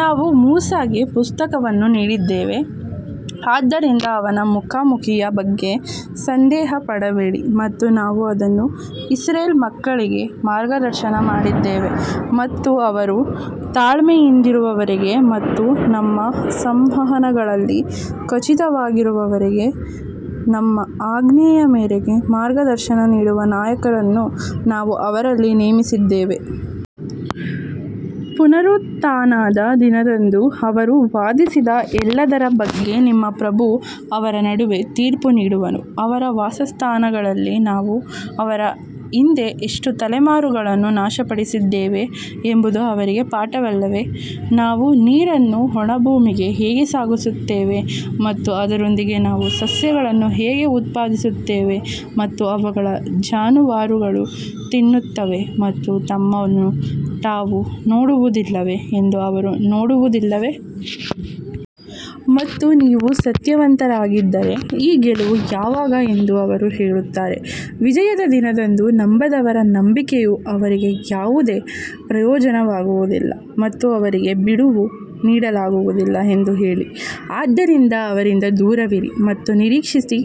ನಾವು ಮೂಸಾಗೆ ಪುಸ್ತಕವನ್ನು ನೀಡಿದ್ದೇವೆ ಆದ್ದರಿಂದ ಅವನ ಮುಖಾಮುಖಿಯ ಬಗ್ಗೆ ಸಂದೇಹ ಪಡಬೇಡಿ ಮತ್ತು ನಾವು ಅದನ್ನು ಇಸ್ರೇಲ್ ಮಕ್ಕಳಿಗೆ ಮಾರ್ಗದರ್ಶನ ಮಾಡಿದ್ದೇವೆ ಮತ್ತು ಅವರು ತಾಳ್ಮೆಯಿಂದಿರುವವರೆಗೆ ಮತ್ತು ನಮ್ಮ ಸಂವಹನಗಳಲ್ಲಿ ಖಚಿತವಾಗಿರುವವರೆಗೆ ನಮ್ಮ ಆಜ್ಞೆಯ ಮೇರೆಗೆ ಮಾರ್ಗದರ್ಶನ ನೀಡುವ ನಾಯಕರನ್ನು ನಾವು ಅವರಲ್ಲಿ ನೇಮಿಸಿದ್ದೇವೆ. ಪುನರುತ್ಥಾನದ ದಿನದಂದು ಅವರು ವಾದಿಸಿದ ಎಲ್ಲದರ ಬಗ್ಗೆ ನಿಮ್ಮ ಪ್ರಭು ಅವರ ನಡುವೆ ತೀರ್ಪು ನೀಡುವನು ಅವರ ವಾಸಸ್ಥಾನಗಳಲ್ಲಿ ನಾವು ಅವರ ಹಿಂದೆ ಎಷ್ಟು ತಲೆಮಾರುಗಳನ್ನು ನಾಶಪಡಿಸಿದ್ದೇವೆ ಎಂಬುದು ಅವರಿಗೆ ಪಾಠವಲ್ಲವೇ? ನಾವು ನೀರನ್ನು ಒಣ ಭೂಮಿಗೆ ಹೇಗೆ ಸಾಗಿಸುತ್ತೇವೆ ಮತ್ತು ಅದರೊಂದಿಗೆ ನಾವು ಸಸ್ಯಗಳನ್ನು ಹೇಗೆ ಉತ್ಪಾದಿಸುತ್ತೇವೆ ಮತ್ತು ಅವುಗಳ ಜಾನುವಾರುಗಳು ತಿನ್ನುತ್ತವೆ ಮತ್ತು ತಮ್ಮನ್ನು ತಾವು ನೋಡುವುದಿಲ್ಲವೇ ಎಂದು ಅವರು ನೋಡುವುದಿಲ್ಲವೇ? ಮತ್ತು ನೀವು ಸತ್ಯವಂತರಾಗಿದ್ದರೆ ಈ ಗೆಲುವು ಯಾವಾಗ ಎಂದು ಅವರು ಹೇಳುತ್ತಾರೆ ವಿಜಯದ ದಿನದಂದು ನಂಬದವರ ನಂಬಿಕೆಯು ಅವರಿಗೆ ಯಾವುದೇ ಪ್ರಯೋಜನವಾಗುವುದಿಲ್ಲ ಮತ್ತು ಅವರಿಗೆ ಬಿಡುವು ನೀಡಲಾಗುವುದಿಲ್ಲ ಎಂದು ಹೇಳಿ. ಆದ್ದರಿಂದ ಅವರಿಂದ ದೂರವಿರಿ ಮತ್ತು ನಿರೀಕ್ಷಿಸಿ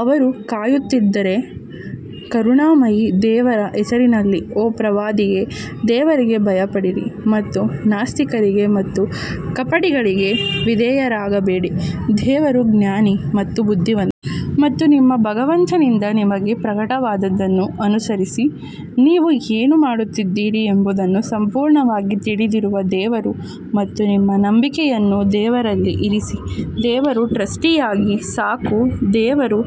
ಅವರೂ ಕಾಯುತ್ತಿದ್ದಾರೆ ಕರುಣಾಮಯಿ ದೇವರ ಹೆಸರಿನಲ್ಲಿ ಓ ಪ್ರವಾದಿಯೇ ದೇವರಿಗೆ ಭಯಪಡಿರಿ ಮತ್ತು ನಾಸ್ತಿಕರಿಗೆ ಮತ್ತು ಕಪಟಿಗಳಿಗೆ ವಿಧೇಯರಾಗಬೇಡಿ ದೇವರು ಜ್ಞಾನಿ ಮತ್ತು ಬುದ್ಧಿವಂತ. ಮತ್ತು ನಿಮ್ಮ ಭಗವಂತನಿಂದ ನಿಮಗೆ ಪ್ರಕಟವಾದದ್ದನ್ನು ಅನುಸರಿಸಿ, ನೀವು ಏನು ಮಾಡುತ್ತಿದ್ದೀರಿ ಎಂಬುದನ್ನು ಸಂಪೂರ್ಣವಾಗಿ ತಿಳಿದಿರುವ ದೇವರು ಮತ್ತು ನಿಮ್ಮ ನಂಬಿಕೆಯನ್ನು ದೇವರಲ್ಲಿ ಇರಿಸಿ ದೇವರು ಟ್ರಸ್ಟಿಯಾಗಿ ಸಾಕು ದೇವರು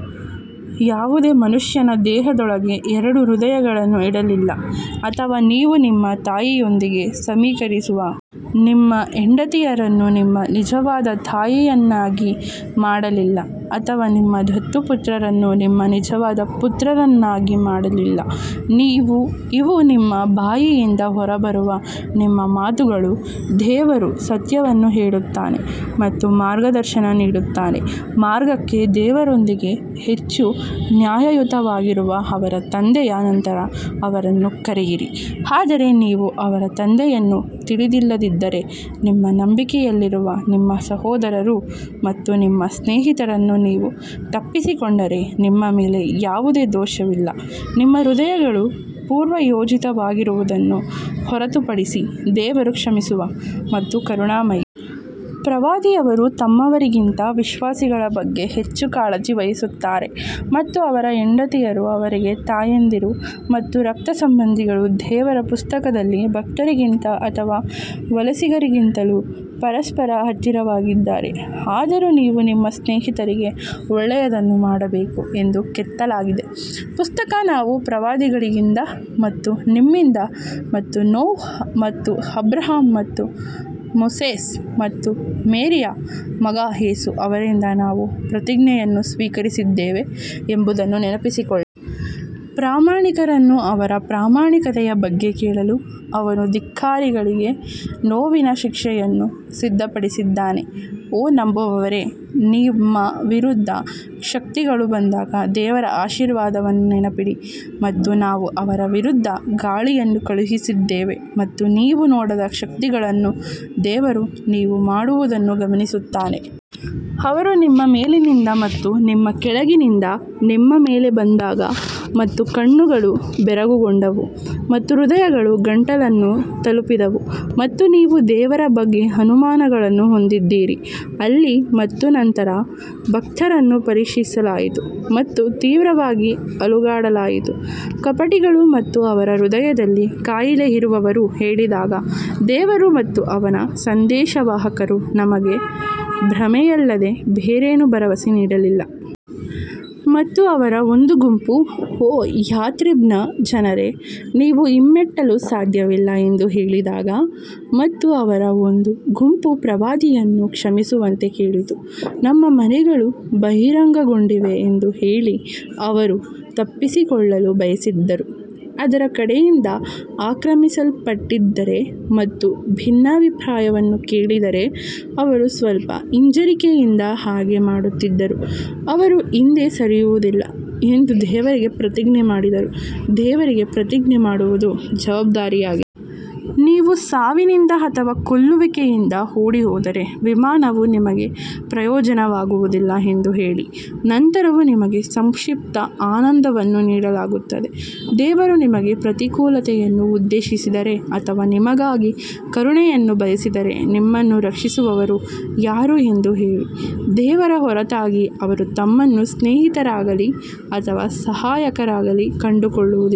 ಯಾವುದೇ ಮನುಷ್ಯನ ದೇಹದೊಳಗೆ ಎರಡು ಹೃದಯಗಳನ್ನು ಇಡಲಿಲ್ಲ ಅಥವಾ ನೀವು ನಿಮ್ಮ ತಾಯಿಯೊಂದಿಗೆ ಸಮೀಕರಿಸುವ ನಿಮ್ಮ ಹೆಂಡತಿಯರನ್ನು ನಿಮ್ಮ ನಿಜವಾದ ತಾಯಿಯನ್ನಾಗಿ ಮಾಡಲಿಲ್ಲ ಅಥವಾ ನಿಮ್ಮ ದತ್ತು ಪುತ್ರರನ್ನು ನಿಮ್ಮ ನಿಜವಾದ ಪುತ್ರರನ್ನಾಗಿ ಮಾಡಲಿಲ್ಲ ಇವು ನಿಮ್ಮ ಬಾಯಿಯಿಂದ ಹೊರಬರುವ ನಿಮ್ಮ ಮಾತುಗಳು ದೇವರು ಸತ್ಯವನ್ನು ಹೇಳುತ್ತಾನೆ ಮತ್ತು ಮಾರ್ಗದರ್ಶನ ನೀಡುತ್ತಾನೆ ಮಾರ್ಗಕ್ಕೆ ದೇವರೊಂದಿಗೆ ಹೆಚ್ಚು ನ್ಯಾಯಯುತವಾಗಿರುವ ಅವರ ತಂದೆಯ ನಂತರ ಅವರನ್ನು ಕರೆಯಿರಿ ಆದರೆ ನೀವು ಅವರ ತಂದೆಯನ್ನು ತಿಳಿದಿಲ್ಲದಿದ್ದರೆ ನಿಮ್ಮ ನಂಬಿಕೆಯಲ್ಲಿರುವ ನಿಮ್ಮ ಸಹೋದರರು ಮತ್ತು ನಿಮ್ಮ ಸ್ನೇಹಿತರನ್ನು ನೀವು ತಪ್ಪಿಸಿಕೊಂಡರೆ ನಿಮ್ಮ ಮೇಲೆ ಯಾವುದೇ ದೋಷವಿಲ್ಲ, ನಿಮ್ಮ ಹೃದಯಗಳು ಪೂರ್ವಯೋಜಿತವಾಗಿರುವುದನ್ನು ಹೊರತುಪಡಿಸಿ ದೇವರು ಕ್ಷಮಿಸುವ ಮತ್ತು ಕರುಣಾಮಯಿ. ಪ್ರವಾದಿಯವರು ತಮ್ಮವರಿಗಿಂತ ವಿಶ್ವಾಸಿಗಳ ಬಗ್ಗೆ ಹೆಚ್ಚು ಕಾಳಜಿ ವಹಿಸುತ್ತಾರೆ ಮತ್ತು ಅವರ ಹೆಂಡತಿಯರು ಅವರಿಗೆ ತಾಯಂದಿರು ಮತ್ತು ರಕ್ತ ಸಂಬಂಧಿಗಳು ದೇವರ ಪುಸ್ತಕದಲ್ಲಿ ಭಕ್ತರಿಗಿಂತ ಅಥವಾ ವಲಸಿಗರಿಗಿಂತಲೂ ಪರಸ್ಪರ ಹತ್ತಿರವಾಗಿದ್ದಾರೆ, ಆದರೂ ನೀವು ನಿಮ್ಮ ಸ್ನೇಹಿತರಿಗೆ ಒಳ್ಳೆಯದನ್ನು ಮಾಡಬೇಕು ಎಂದು ಕೆತ್ತಲಾಗಿದೆ. ಪುಸ್ತಕ ನಾವು ಪ್ರವಾದಿಗಳಿಂದ ಮತ್ತು ನಿಮ್ಮಿಂದ ಮತ್ತು ನೋಹ್ ಮತ್ತು ಅಬ್ರಹಾಂ ಮತ್ತು ಮೋಸೆಸ್ ಮತ್ತು ಮೇರಿಯ ಮಗ ಯೇಸು ಅವರಿಂದ ನಾವು ಪ್ರತಿಜ್ಞೆಯನ್ನು ಸ್ವೀಕರಿಸಿದ್ದೇವೆ ಎಂಬುದನ್ನು ನೆನಪಿಸಿಕೊಳ್ಳಿ. ಪ್ರಾಮಾಣಿಕರನ್ನು ಅವರ ಪ್ರಾಮಾಣಿಕತೆಯ ಬಗ್ಗೆ ಕೇಳಲು ಅವನು ಧಿಕ್ಕಾರಿಗಳಿಗೆ ನೋವಿನ ಶಿಕ್ಷೆಯನ್ನು ಸಿದ್ಧಪಡಿಸಿದ್ದಾನೆ ಓ ನಂಬುವವರೇ ನಿಮ್ಮ ವಿರುದ್ಧ ಶಕ್ತಿಗಳು ಬಂದಾಗ ದೇವರ ಆಶೀರ್ವಾದವನ್ನು ನೆನಪಿಡಿ ಮತ್ತು ನಾವು ಅವರ ವಿರುದ್ಧ ಗಾಳಿಯನ್ನು ಕಳುಹಿಸಿದ್ದೇವೆ ಮತ್ತು ನೀವು ನೋಡದ ಶಕ್ತಿಗಳನ್ನು ದೇವರು ನೀವು ಮಾಡುವುದನ್ನು ಗಮನಿಸುತ್ತಾನೆ ಅವರು ನಿಮ್ಮ ಮೇಲಿನಿಂದ ಮತ್ತು ನಿಮ್ಮ ಕೆಳಗಿನಿಂದ ನಿಮ್ಮ ಮೇಲೆ ಬಂದಾಗ ಮತ್ತು ಕಣ್ಣುಗಳು ಬೆರಗುಗೊಂಡವು ಮತ್ತು ಹೃದಯಗಳು ಗಂಟಲನ್ನು ತಲುಪಿದವು ಮತ್ತು ನೀವು ದೇವರ ಬಗ್ಗೆ ಅನುಮಾನಗಳನ್ನು ಹೊಂದಿದ್ದೀರಿ ಅಲ್ಲಿ ಮತ್ತು ನಂತರ ಭಕ್ತರನ್ನು ಪರೀಕ್ಷಿಸಲಾಯಿತು ಮತ್ತು ತೀವ್ರವಾಗಿ ಅಲುಗಾಡಲಾಯಿತು ಕಪಟಿಗಳು ಮತ್ತು ಅವರ ಹೃದಯದಲ್ಲಿ ಕಾಯಿಲೆ ಇರುವವರು ಹೇಳಿದಾಗ ದೇವರು ಮತ್ತು ಅವನ ಸಂದೇಶವಾಹಕರು ನಮಗೆ ಭ್ರಮೆಯಲ್ಲದೆ ಬೇರೇನೂ ಭರವಸೆ ನೀಡಲಿಲ್ಲ. ಮತ್ತು ಅವರ ಒಂದು ಗುಂಪು ಓ ಯಾಥ್ರಿಬ್ನ ಜನರೇ, ನೀವು ಹಿಮ್ಮೆಟ್ಟಲು ಸಾಧ್ಯವಿಲ್ಲ ಎಂದು ಹೇಳಿದಾಗ ಮತ್ತು ಅವರ ಒಂದು ಗುಂಪು ಪ್ರವಾದಿಯನ್ನು ಕ್ಷಮಿಸುವಂತೆ ಕೇಳಿತು, ನಮ್ಮ ಮನೆಗಳು ಬಹಿರಂಗಗೊಂಡಿವೆ ಎಂದು ಹೇಳಿ ಅವರು ತಪ್ಪಿಸಿಕೊಳ್ಳಲು ಬಯಸಿದ್ದರು. ಅದರ ಕಡೆಯಿಂದ ಆಕ್ರಮಿಸಲ್ಪಟ್ಟಿದ್ದರೆ ಮತ್ತು ಭಿನ್ನಾಭಿಪ್ರಾಯವನ್ನು ಕೇಳಿದರೆ ಅವರು ಸ್ವಲ್ಪ ಹಿಂಜರಿಕೆಯಿಂದ ಹಾಗೆ ಮಾಡುತ್ತಿದ್ದರು ಅವರು ಹಿಂದೆ ಸರಿಯುವುದಿಲ್ಲ ಎಂದು ದೇವರಿಗೆ ಪ್ರತಿಜ್ಞೆ ಮಾಡಿದರೂ ದೇವರಿಗೆ ಪ್ರತಿಜ್ಞೆ ಮಾಡುವುದು ಜವಾಬ್ದಾರಿಯಾಗಿದೆ. ನೀವು ಸಾವಿನಿಂದ ಅಥವಾ ಕೊಲ್ಲುವಿಕೆಯಿಂದ ಓಡಿಹೋದರೆ ವಿಮಾನವು ನಿಮಗೆ ಪ್ರಯೋಜನವಾಗುವುದಿಲ್ಲ ಎಂದು ಹೇಳಿ, ನಂತರವೂ ನಿಮಗೆ ಸಂಕ್ಷಿಪ್ತ ಆನಂದವನ್ನು ನೀಡಲಾಗುತ್ತದೆ ದೇವರು ನಿಮಗೆ ಪ್ರತಿಕೂಲತೆಯನ್ನು ಉದ್ದೇಶಿಸಿದರೆ ಅಥವಾ ನಿಮಗಾಗಿ ಕರುಣೆಯನ್ನು ಬಯಸಿದರೆ ನಿಮ್ಮನ್ನು ರಕ್ಷಿಸುವವರು ಯಾರು ಎಂದು ಹೇಳಿ, ದೇವರ ಹೊರತಾಗಿ ಅವರು ತಮ್ಮನ್ನು ಸ್ನೇಹಿತರಾಗಲೀ ಅಥವಾ ಸಹಾಯಕರಾಗಲೀ ಕಂಡುಕೊಳ್ಳುವುದಿಲ್ಲ.